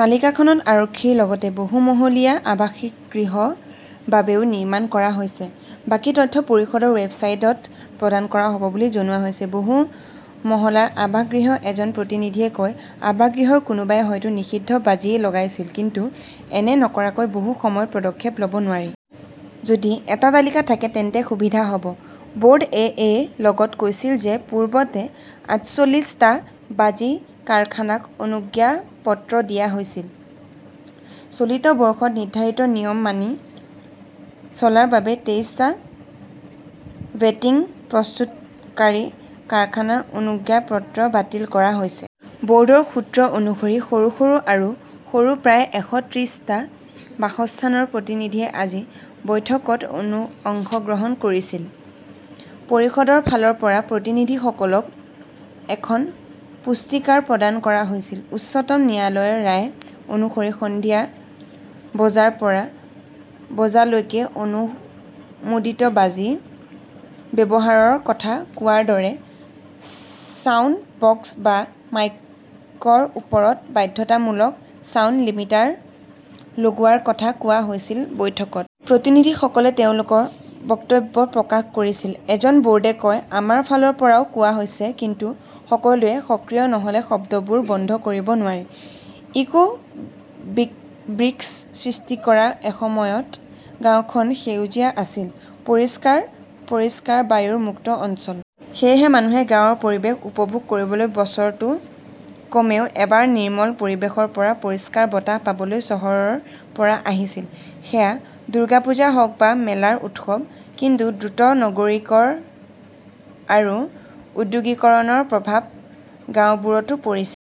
তালিকাখনত আৰক্ষীৰ লগতে বহুমহলীয়া আৱাসগৃহৰ বাবেও নিৰ্মাণ কৰা হৈছে। বাকী তথ্য পৰিষদৰ ৱেবছাইটত প্ৰদান কৰা হ'ব বুলি জনোৱা হৈছে। বহু মহলাৰ আৱাসগৃহৰ এজন প্ৰতিনিধিয়ে কয়, আৱাসগৃহৰ কোনোবাই হয়তো নিষিদ্ধ বাজি লগাইছিল। কিন্তু এনে নকৰাকৈ বহু সময়ত পদক্ষেপ লব নোৱাৰি। যদি এটা তালিকা থাকে তেন্তে সুবিধা হ'ব। বোৰ্ড এ য়ে লগতে কৈছিল যে পূৰ্বতে আঠচল্লিশ টা বাজি কাৰখানাক অনুজ্ঞাপত্ৰ দিয়া হৈছিল। চলিত বৰ্ষত নিৰ্ধাৰিত নিয়ম মানি চলাৰ বাবে তেইছ টা বেটিং প্ৰস্তুতকাৰী কাৰখানাৰ অনুজ্ঞাপত্ৰ বাতিল কৰা হৈছে। বৰ্ডৰ সূত্ৰ অনুসৰি, সৰু - সৰু আৰু সৰু প্ৰায় এশ ত্ৰিছ টা বাসস্থানৰ প্ৰতিনিধিয়ে আজি বৈঠকত অংশগ্ৰহণ কৰিছিল। পৰিষদৰ ফালৰ পৰা প্ৰতিনিধিসকলক এখন পুস্তিকা প্ৰদান কৰা হৈছিল। উচ্চতম ন্যায়ালয়ৰ ৰায় অনুসৰি সন্ধিয়া বজাৰ পৰা বজালৈকে অনুমোদিত বাজি ব্যৱহাৰৰ কথা কোৱাৰ দৰে, ছাউণ্ড বক্স বা মাইকৰ ওপৰত বাধ্যতামূলক ছাউণ্ড লিমিটাৰ লগোৱাৰ কথা কোৱা হৈছিল। বৈঠকত প্ৰতিনিধিসকলে তেওঁলোকৰ বক্তব্য প্ৰকাশ কৰিছিল। এজন বোৰ্ডে কয় আমাৰ ফালৰ পৰাও কোৱা হৈছে, কিন্তু সকলোৱে সক্ৰিয় নহলে শব্দবোৰ বন্ধ কৰিব নোৱাৰি। ইকো ব্ৰিকছ সৃষ্টি কৰক এসময়ত গাওঁখন সেউজীয়া আছিল। পৰিষ্কাৰ - পৰিষ্কাৰ বায়ুৰ মুক্ত অঞ্চল। সেয়েহে মানুহে গাঁৱৰ পৰিৱেশ উপভোগ কৰিবলৈ বছৰত কমেও এবাৰ নিৰ্মল পৰিৱেশৰ পৰা পৰিষ্কাৰ বতাহ পাবলৈ চহৰৰ পৰা আহিছিল। সেয়া দুৰ্গা পূজা হওক বা মেলাৰ উৎসৱ। কিন্তু দ্ৰুত নগৰীকৰণ আৰু ঔদ্যোগিকৰণৰ প্ৰভাৱ গাওঁবোৰতো পৰিছে।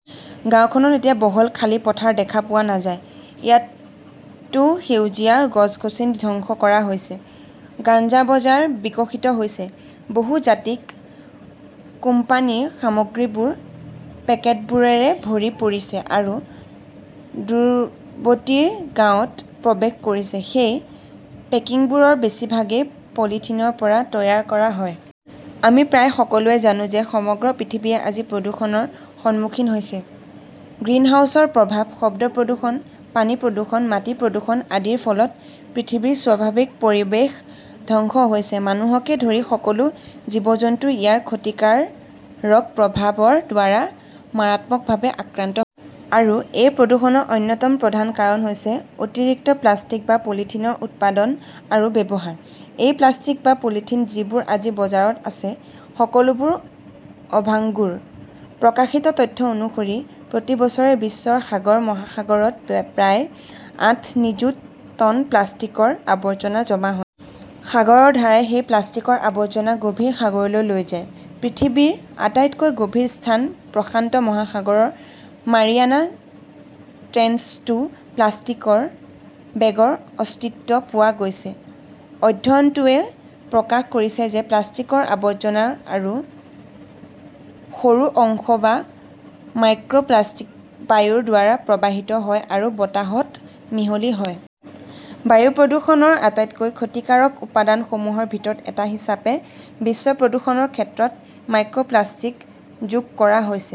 গাওঁখনত এতিয়া বহল খালী পথাৰ দেখা পোৱা নাযায়। ইয়াতও সেউজীয়া গছ-গছনি ধ্বংস কৰা হৈছে। গাঞ্জা বজাৰ বিকশিত হৈছে। বহুজাতিক কোম্পানীৰ সামগ্ৰীবোৰ পেকেটবোৰেৰে ভৰি পৰিছে আৰু দূৰৱৰ্তী গাঁৱত প্ৰৱেশ কৰিছে। সেই পেকিংবোৰৰ বেছিভাগেই পলিথিনৰ পৰা তৈয়াৰ কৰা হয়। আমি প্ৰায় সকলোৱে জানো যে সমগ্ৰ পৃথিৱীয়ে আজি প্ৰদূষণৰ সন্মুখীন হৈছে। গ্ৰীণহাউছৰ প্ৰভাৱ, শব্দ প্ৰদূষণ, পানী প্ৰদূষণ, মাটি প্ৰদূষণ আদিৰ ফলত পৃথিৱীৰ স্বাভাৱিক পৰিৱেশ ধ্বংস হৈছে। মানুহকে ধৰি সকলো জীৱ-জন্তু ইয়াৰ ক্ষতিকাৰক প্ৰভাৱৰ দ্বাৰা মাৰাত্মকভাৱে আক্ৰান্ত হয়। আৰু এই প্ৰদূষণৰ অন্যতম প্ৰধান কাৰণ হৈছে অতিৰিক্ত প্লাষ্টিক বা পলিথিনৰ উৎপাদন আৰু ব্যৱহাৰ। এই প্লাষ্টিক বা পলিথিন, যিবোৰ আজি বজাৰত আছে, সকলোবোৰ অভাংগুৰ। প্ৰকাশিত তথ্য অনুসৰি, প্ৰতি বছৰে বিশ্বৰ সাগৰ-মহাসাগৰত প্ৰায় আঠ নিযুত টন প্লাষ্টিকৰ আৱৰ্জনা জমা হয়। সাগৰৰ ধাৰাই সেই প্লাষ্টিকৰ আৱৰ্জনা গভীৰ সাগৰলৈ লৈ যায়। পৃথিৱীৰ আটাইতকৈ গভীৰ স্থান প্ৰশান্ত মহাসাগৰৰ মাৰিয়ানা ট্ৰেঞ্চতো প্লাষ্টিকৰ বেগৰ অস্তিত্ব পোৱা গৈছে। অধ্যয়নটোৱে প্ৰকাশ কৰিছে যে প্লাষ্টিকৰ আৱৰ্জনাৰ সৰু অংশ বা মাইক্ৰ প্লাষ্টিক বায়ুৰ দ্বাৰা প্ৰবাহিত হয় আৰু বতাহত মিহলি হয়। বায়ু প্ৰদূষণৰ আটাইতকৈ ক্ষতিকাৰক উপাদানসমূহৰ ভিতৰত এটা হিচাপে বিশ্ব প্ৰদূষণৰ ক্ষেত্ৰত মাইক্ৰ প্লাষ্টিক যোগ কৰা হৈছে।